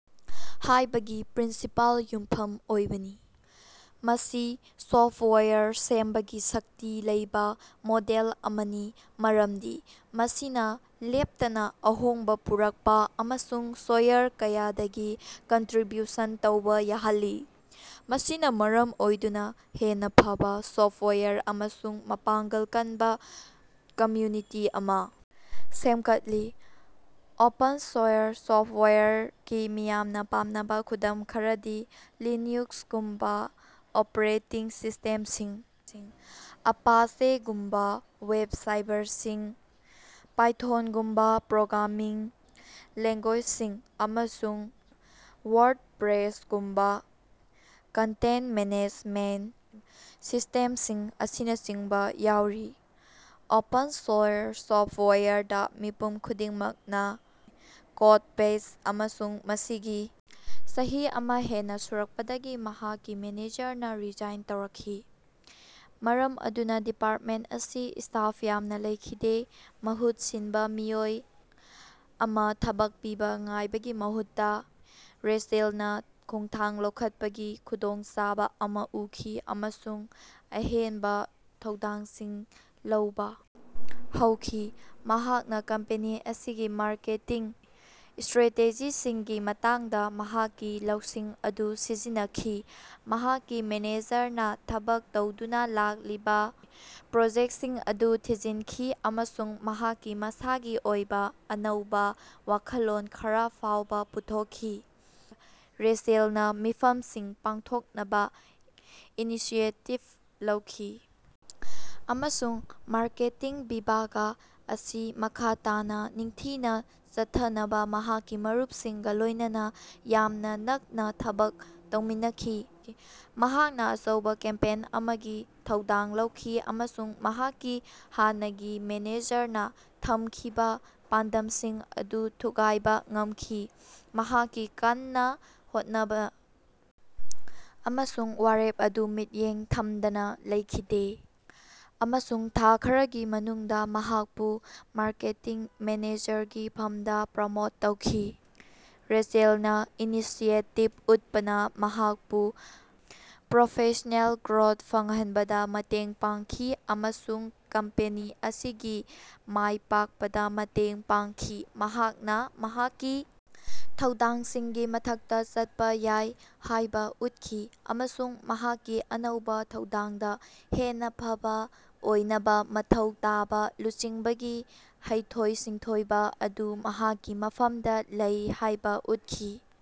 ꯍꯥꯏꯕꯒꯤ ꯄ꯭ꯔꯤꯟꯁꯤꯄꯜꯗ ꯌꯨꯝꯐꯝ ꯑꯣꯏꯕꯅꯤ꯫ ꯃꯁꯤ ꯁꯣꯐ꯭ꯇꯋꯥꯌꯔ ꯁꯦꯝꯕꯒꯤ ꯁꯛꯇꯤ ꯂꯩꯕ ꯃꯣꯗꯦꯜ ꯑꯃꯅꯤ ꯃꯔꯝꯗꯤ ꯃꯁꯤꯅ ꯂꯦꯞꯇꯅ ꯑꯍꯣꯡꯕ ꯄꯨꯔꯛꯄ ꯑꯃꯁꯨꯡ ꯁꯣꯔꯁ ꯀꯌꯥꯗꯒꯤ ꯀꯟꯇ꯭ꯔꯤꯕ꯭ꯌꯨꯁꯟ ꯇꯧꯕ ꯌꯥꯍꯜꯂꯤ, ꯃꯁꯤꯅ ꯃꯔꯝ ꯑꯣꯏꯗꯨꯅ ꯍꯦꯟꯅ ꯐꯕꯥ ꯁꯣꯐ꯭ꯇꯋꯥꯌꯔ ꯑꯃꯁꯨꯡ ꯃꯄꯥꯡꯒꯜ ꯀꯟꯕ ꯀꯝꯃ꯭ꯌꯨꯅꯤꯇꯤ ꯑꯃ ꯁꯦꯝꯒꯠꯂꯤ꯫ ꯑꯣꯄꯟ ꯁꯣꯔꯁ ꯁꯣꯐ꯭ꯇꯋꯥꯌꯔ ꯀꯤ ꯃꯤꯌꯥꯝꯅ ꯄꯥꯝꯅꯕ ꯈꯨꯗꯝ ꯈꯔꯗꯤ ꯂꯤꯅꯥꯛꯁꯒꯨꯝꯕ ꯑꯣꯄꯔꯦꯇꯤꯡ ꯁꯤꯁ꯭ꯇꯦꯝꯁꯤꯡ, ꯑꯄꯥꯆꯦꯒꯨꯝꯕ ꯋꯦꯕ ꯁꯔꯚꯔꯁꯤꯡ, ꯄꯥꯏꯊꯣꯟꯒꯨꯝꯕ ꯄ꯭ꯔꯣꯒ꯭ꯔꯥꯃꯤꯡ ꯂꯦꯡꯒꯨ꯭ꯌꯦꯖꯁꯤꯡ, ꯑꯃꯁꯨꯡ ꯋꯥꯔ꯭ꯗꯄꯔꯦꯁꯒꯨꯝꯕ ꯀꯟꯇꯦꯟꯇ ꯃꯦꯅꯦꯖꯃꯦꯟꯇ ꯁꯤꯁ꯭ꯇꯦꯝꯁꯤꯡ ꯑꯁꯤꯅꯆꯤꯡꯕ ꯌꯥꯎꯔꯤ꯫ ꯑꯣꯄꯟ ꯁꯣꯔꯁ ꯁꯣꯐ꯭ꯇꯋꯥꯌꯔꯗ, ꯃꯤꯄꯨꯝ ꯈꯨꯗꯤꯡꯃꯛꯅ ꯀꯣꯗꯕꯦꯖ ꯑꯃꯁꯨꯡ ꯃꯁꯤꯒꯤ ꯆꯍꯤ ꯑꯃ ꯍꯦꯟꯅ ꯁꯨꯔꯛꯄꯗꯒꯤ ꯃꯍꯥꯛꯀꯤ ꯃꯦꯅꯦꯖꯔꯅ ꯔꯤꯖꯥꯏꯟ ꯇꯧꯔꯛꯈꯤ, ꯃꯔꯝ ꯑꯗꯨꯅ ꯗꯤꯄꯥꯔꯇꯃꯦꯟꯇ ꯑꯁꯤ ꯁ꯭ꯇꯥꯐ ꯌꯥꯝꯅ ꯂꯩꯈꯤꯗꯦ꯫ ꯃꯍꯨꯠ ꯁꯤꯟꯕ ꯃꯤꯑꯣꯏ ꯑꯃꯥ ꯊꯕꯛ ꯄꯤꯅꯕ ꯉꯥꯏꯕꯒꯤ ꯃꯍꯨꯠꯇ ꯔꯦꯆꯦꯜꯅ ꯈꯣꯡꯊꯥꯡ ꯂꯧꯈꯠꯄꯒꯤ ꯈꯨꯗꯣꯡꯆꯥꯕ ꯑꯃ ꯎꯈꯤ ꯑꯃꯁꯨꯡ ꯑꯍꯦꯟꯕ ꯊꯧꯗꯥꯡꯁꯤꯡ ꯂꯧꯕ ꯍꯧꯈꯤ꯫ ꯃꯍꯥꯛꯅ ꯀꯝꯄꯦꯅꯤ ꯑꯁꯤꯒꯤ ꯃꯥꯔꯀꯦꯇꯤꯡ ꯁ꯭ꯇꯔꯦꯇꯦꯖꯤꯁꯤꯡꯒꯤ ꯃꯇꯥꯡꯗ ꯃꯍꯥꯛꯀꯤ ꯂꯧꯁꯤꯡ ꯑꯗꯨ ꯁꯤꯖꯤꯟꯅꯈꯤ, ꯃꯍꯥꯛꯀꯤ ꯃꯦꯅꯦꯖꯔꯅ ꯊꯕꯛ ꯇꯧꯗꯨꯅ ꯂꯥꯛꯂꯤꯕ‌ ꯄ꯭ꯔꯣꯖꯦꯛꯇꯁꯤꯡ ꯑꯗꯨ ꯊꯤꯖꯤꯟꯈꯤ ꯑꯃꯁꯨꯡ ꯃꯍꯥꯛꯀꯤ ꯃꯁꯥꯒꯤ ꯑꯣꯏꯕ‌ ꯑꯅꯧꯕ ꯋꯥꯈꯜꯂꯣꯟ ꯈꯔ ꯐꯥꯎꯕ ꯄꯨꯊꯣꯛꯈꯤ꯫ ꯔꯦꯆꯦꯜꯅ ꯃꯤꯐꯝꯁꯤꯡ ꯄꯥꯡꯊꯣꯛꯅꯕ ꯏꯅꯤꯁꯤꯌꯦꯇꯤꯕ ꯂꯧꯈꯤ ꯑꯃꯁꯨꯡ ꯃꯥꯔꯀꯦꯇꯤꯡ ꯕꯤꯚꯥꯒ ꯑꯁꯤ ꯃꯈꯥ ꯇꯥꯅ ꯅꯤꯡꯊꯤꯅ ꯆꯠꯊꯅꯕ ꯃꯍꯥꯛꯀꯤ ꯃꯔꯨꯞꯁꯤꯡꯒ ꯂꯣꯏꯅꯅ ꯌꯥꯝꯅ ꯅꯛꯅ ꯊꯕꯛ ꯇꯧꯃꯤꯟꯅꯈꯤ꯫ ꯃꯍꯥꯛꯅ ꯑꯆꯧꯕ ꯀꯦꯝꯄꯦꯟ ꯑꯃꯒꯤ ꯊꯧꯗꯥꯡ ꯂꯧꯈꯤ ꯑꯃꯁꯨꯡ ꯃꯍꯥꯛꯀꯤ ꯍꯥꯟꯅꯒꯤ ꯃꯦꯅꯦꯖꯔꯅ ꯊꯝꯈꯤꯕ‌ ꯄꯥꯟꯗꯝꯁꯤꯡ ꯑꯗꯨ ꯊꯨꯒꯥꯏꯕ ꯉꯝꯈꯤ꯫ ꯃꯍꯥꯛꯀꯤ ꯀꯟꯅꯥ ꯍꯣꯠꯅꯕꯥ ꯑꯃꯁꯨꯡ ꯋꯥꯔꯦꯞ ꯑꯗꯨ ꯃꯤꯠꯌꯦꯡ ꯊꯝꯗꯅꯥ ꯂꯩꯈꯤꯗꯦ, ꯑꯃꯁꯨꯡ ꯊꯥ ꯈꯔꯒꯤ ꯃꯅꯨꯡꯗꯥ ꯃꯍꯥꯛꯄꯨ ꯃꯥꯔꯀꯦꯇꯤꯡ ꯃꯦꯅꯦꯖꯔꯒꯤ ꯐꯝꯗ ꯄ꯭ꯔꯣꯃꯣꯠ ꯇꯧꯈꯤ꯫ ꯔꯦꯆꯦꯜꯅ ꯏꯅꯤꯁꯤꯌꯦꯇꯤꯕ ꯎꯠꯄꯅ ꯃꯍꯥꯛꯄꯨ ꯄ꯭ꯔꯣꯐꯦꯁ꯭ꯅꯦꯜ ꯒ꯭ꯔꯣꯊ ꯐꯪꯍꯟꯕꯗ ꯃꯇꯦꯡ ꯄꯥꯡꯈꯤ, ꯑꯃꯁꯨꯡ ꯀꯝꯄꯦꯅꯤ ꯑꯁꯤꯒꯤ ꯃꯥꯏꯄꯥꯛꯄꯗ ꯃꯇꯦꯡ ꯄꯥꯡꯈꯤ꯫ ꯃꯍꯥꯛꯅ ꯃꯍꯥꯛꯀꯤ ꯊꯧꯗꯥꯡꯁꯤꯡꯒꯤ ꯃꯊꯛꯇ ꯆꯠꯄ ꯌꯥꯏ ꯍꯥꯏꯕ ꯎꯠꯈꯤ, ꯑꯃꯁꯨꯡ ꯃꯍꯥꯛꯀꯤ ꯑꯅꯧꯕ ꯊꯧꯗꯥꯡꯗ ꯍꯦꯟꯅ ꯐꯕꯥ ꯑꯣꯏꯅꯕ ꯃꯊꯧ ꯇꯥꯕ ꯂꯨꯆꯤꯡꯕꯒꯤ ꯍꯩꯊꯣꯏ-ꯁꯤꯡꯊꯣꯏꯕ ꯑꯗꯨ ꯃꯍꯥꯛꯀꯤ ꯃꯐꯝꯗ ꯂꯩ ꯍꯥꯏꯕ ꯎꯠꯈꯤ꯫